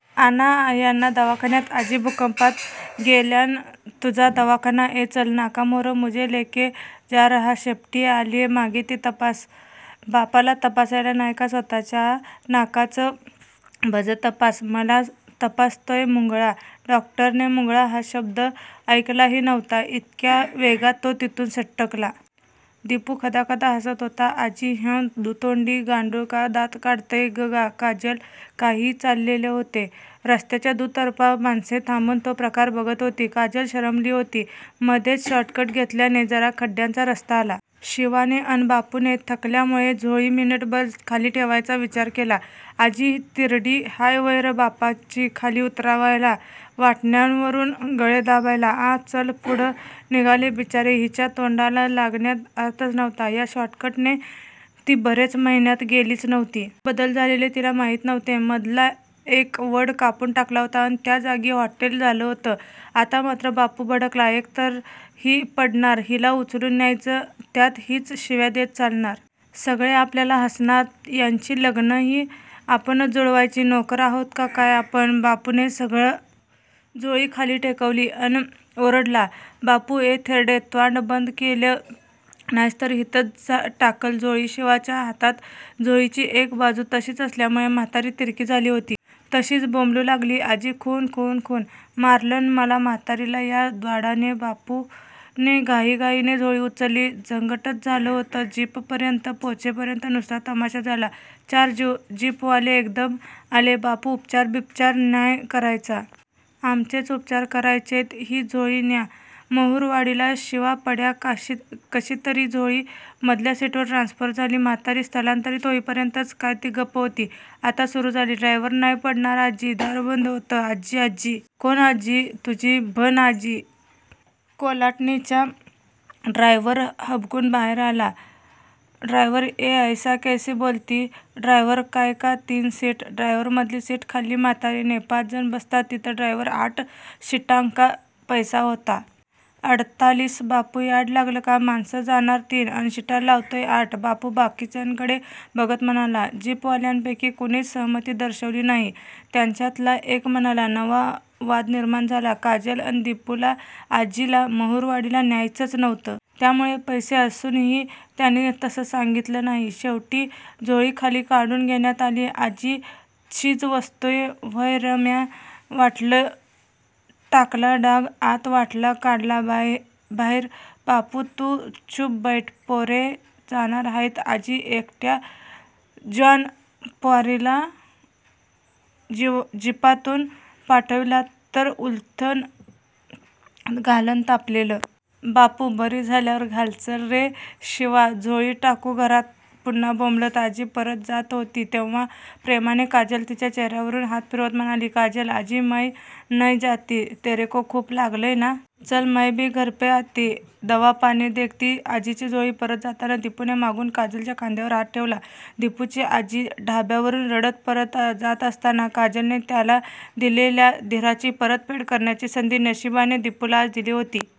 आणा यांना दवाखान्यात आजी भुकंपात ग्येलान तुझा दवाखाना ए चल नाकाम्होरं मुझे लेके जारहा शेपटी आलीय मागे ती तपास बापाला तपासला नाय का स्वतःच्या आ? नाकाचं भजं तपास मला तपासतोय मुंगळा डॉक्टरने मुंगळा हा शब्द ऐकलाही नव्हता इतक्या वेगात तो तिथून सटकला. दिपू खदाखदा हसत होता. आजी ह्यं दुतोंडी गांडुळ का दात काढतंय ग काजल? काहीही चाललेले होते. रस्त्याच्या दुतर्फा माणसे थांबून तो प्रकार बघत होती. काजल शरमली होती. मधेच शॉर्टकट घेतल्याने जरा खड्ड्यांचा रस्ता आला. शिवाने अन बापूने थकल्यामुळे झोळी मिनिटभर खाली ठेवायचा विचार केला. आजी तिरडी हाय व्हंय रं बापाची खाली उतरवायला? वाटण्यांवरून गळे दाबायला? आ? चल फुडं निघाले बिचारे. हिच्या तोंडाला लागण्यात अर्थच नव्हता. या शॉर्टकटने ती बरेच महिन्यात गेलीच नव्हती. काही बदल झालेले तिला माहीत नव्हते. मधला एक वड कापुन टाकला होता अन त्या जागी होटेल झालं होतं! आता मात्र बापू भडकला. एकतर ही पडणार, हिला उचलून न्यायचं! त्यात हीच शिव्या देत चालणार. सगळे आपल्याला हसणार! यांची लग्नंही आपणच जुळवायची. नोकर आहोत का काय आपण? बापूने सरळ झोळी खाली टेकवली अन ओरडला. बापू ये थेरडे त्वांड बंद क्येलं न्हायस तर हितंच टाकंल झोळी शिवाच्या हातात झोळीची एक बाजू तशीच असल्यामुळे म्हातारी तिरकी झाली होती. तशीच बोंबलू लागली. आजी खून खून खून.. मारलन मला म्हातारीला या द्वाडाने बापूने घाईघाईने झोळी उचलली. झंगटच झालं होतं! जीपपर्यंत पोचेपर्यंत नुसता तमाशा झाला. चार जीपवाले एकदम आले. बापू उपचार बिपचार नाय करायचा. आमचेच उपचार करायचेत. ही झोळी न्या महुरवाडीला शिवा पड्या कशीतरी झोळी मधल्या सीटवर ट्रान्स्फर झाली. म्हातारी स्थलांतरीत होईपर्यंतच काय ती गप्प होती. आता सुरू झाली. ड्रायव्हर नाय पडणार आजी दार बंद होतं. आजी आजी? कोन आजी? तुझी भन आजी! कोल्हाटणीच्या ड्रायव्हर हबकून बाहेर आला. ड्रायव्हर ये ऐसा कैसे बोलती? ड्रायव्हर कायका तीन सीट? ड्रायव्हर मधली सिट खाल्ली म्हातारीने पाच जण बसतात थितं ड्रायव्हर आठ शिटांका पैसा होता. अडतालीस. बापू याड लागलं का? माणसं जाणार तीन अन शिटा लावतोय आठ बापू बाकीच्यांकडे बघत म्हणाला. जीपवाल्यांपैकी कुणीच सहमती दर्शवली नाही. त्यांच्यातला एक म्हणाला: नवा वाद निर्माण झाला. काजल अन दिपूला आजीला महुरवाडीला न्यायचच नव्हतं! त्यामुळे पैसे असूनही त्यांनी तसं सांगीतलं नाही. शेवटी झोळी खाली काढुन घेण्यात आली. आजी चीजवस्तूय व्हय रं म्या? वाटला टाकला डाग आत वाटला काढला भाईर बापू तू चूप बैठ पोरे जाणार हायत आजी यकट्या ज्वान प्वारीला जीपातून पाठविलात तर उलथ्न घालंन तापलेलं. बापू बरी झाल्यावर घाल. चल रे शिवा झोळी टाकू घरात पुन्हा बोंबलत आजी परत जात होती तेव्हा प्रेमाने काजल तिच्या चेहर्यावरून हात फिरवत म्हणाली: काजल आजी मय नय जाती. तेरेको खूप लागलंय ना? चल मय बी घरपे आती. दवापानी देखती आजीची झोळी परत जाताना दिपूने मागून काजलच्या खांद्यावर हात ठेवला. दिपूची आई ढाब्यावरुन रडत परत जात असताना काजलने त्याला दिलेल्या धीराची परतफेड करण्याची संधी नशीबाने दिपूला आज दिली होती.